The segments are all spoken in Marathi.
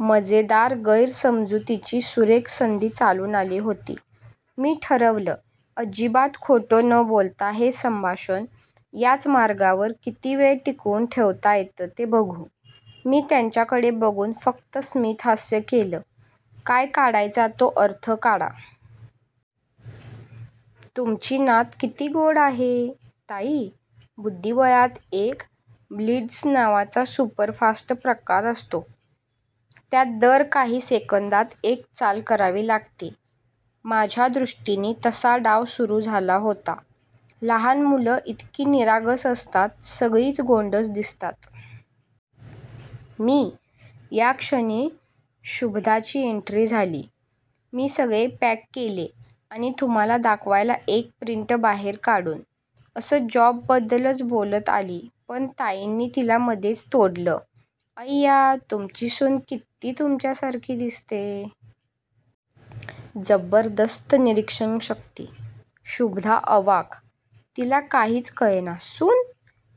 मजेदार गैरसमजुतीची सुरेख संधी चालून आली होती. मी ठरवलं. अजिबात खोटं न बोलता हे संभाषण याच मार्गावर किती वेळ टिकवून ठेवता येतं ते बघू! मी त्यांच्याकडे बघून फक्त स्मितहास्य केलं. काय काढायचा तो अर्थ काढा. "तुमची नात किती गोड आहे. " ताई. बुद्धिबळात एक 'ब्लिट्झ' नावाचा सुपरफास्ट प्रकार असतो. त्यात दर काही सेकंदात एक चाल करावी लागते. माझ्या दृष्टीनी तसा डाव सुरू झाला होता. "लहान मुलं इतकी निरागस असतात, सगळीच गोंडस दिसतात. " मी. या क्षणी शुभदाची एन्ट्री झाली. "मी सगळे पॅक केले आणि तुम्हाला दाखवायला एक प्रिंट बाहेर काढून" असं जॉबबद्दलच बोलत आली पण ताईंनी तिला मधेच तोडलं. "अय्या तुमची सून कित्ती तुमच्यासारखी दिसते! " जबरदस्त निरीक्षणशक्ती! शुभदा अवाक्! तिला काहीच कळेना. "सून?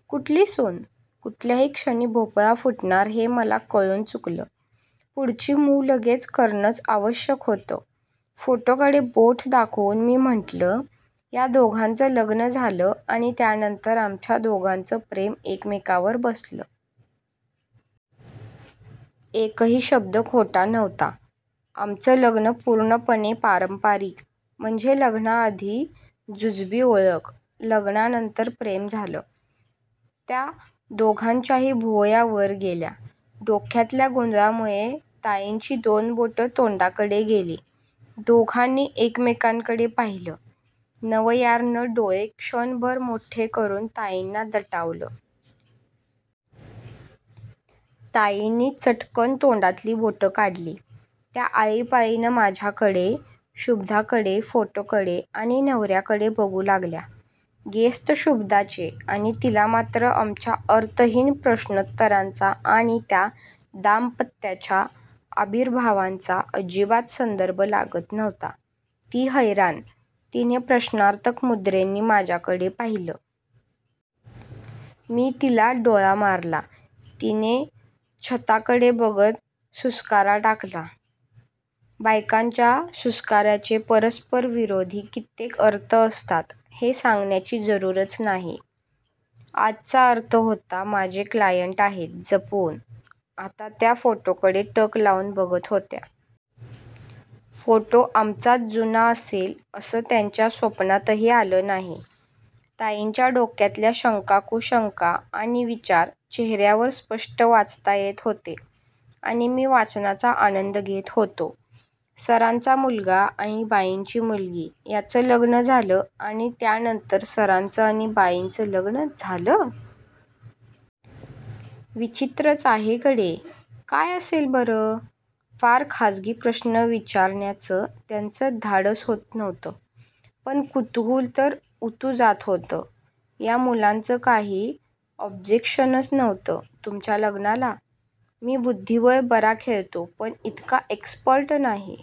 कुठली सून? "कुठल्याही क्षणी भोपळा फुटणार हे मला कळून चुकलं. पुढची मूव्ह लगेच करणंच आवश्यक होतं. फोटोकडे बोट दाखवून मी म्हटलं, "या दोघांचं लग्न झालं आणि त्यानंतर आमचं दोघांचं प्रेम एकमेकावर बसलं. " एकही शब्द खोटा नव्हता. आमचं लग्न पूर्णपणे पारंपारिक. म्हणजे लग्नाआधी अगदी जुजबी ओळख. लग्नानंतर प्रेम झालं. त्या दोघांच्याही भुवया वर गेल्या. डोक्यातल्या गोंधळामुळे ताईंची दोन बोटं तोंडाकडे गेली. दोघांनी एकमेकांकडे पाहिलं. नवर्यानं डोळे क्षणभर मोठे करून ताईंना दटावलं. ताईंनी चट्कन् तोंडातली बोटं काढली! त्या आळीपाळीनी माझ्याकडे, शुभदाकडे, फोटोकडे आणि नवर्याकडे बघू लागल्या. गेस्ट शुभदाचे. आणि तिला मात्र आमच्या अर्थहीन प्रश्नोत्तरांचा आणि त्या दाम्पत्याच्या आविर्भावांचा अजिबात संदर्भ लागत नव्हता. ती हैराण! तिनी प्रश्नार्थक मुद्रेनी माझ्याकडे पाहिलं. मी तिला डोळा मारला. तिनी छताकडे बघत सुस्कारा टाकला. बायकांच्या सुस्कार्याचे परस्परविरोधी कित्येक अर्थ असतात हे सांगण्याची जरूरच नाही. आजचा अर्थ होता, "माझे क्लायंट आहेत. जपून. "आता त्या फोटोकडे टक लावून बघत होत्या. फोटो आमचाच जुना असेल असं त्यांच्या स्वप्नातही आलं नाही. ताईंच्या डोक्यातल्या शंका कुशंका आणि विचार चेहर्यावर स्पष्ट वाचता येत होते आणि मी वाचनाचा आनंद घेत होतो. 'सरांचा मुलगा आणि बाईंची मुलगी यांचं लग्न झालं आणि त्यानंतर सरांचं आणि बाईंचं लग्न झालं? ' विचित्रच आहे गडे. काय असेल बरं? फार खाजगी प्रश्न विचारण्याचं त्यांचं धाडस होत नव्हतं. पण कुतूहल तर उतू जात होतं. "या मुलांचं काही ऑब्जेक्शन नव्हतं तुमच्या लग्नाला? मी बुद्धिबळ बरा खेळतो पण इतका एक्सपर्ट नाही.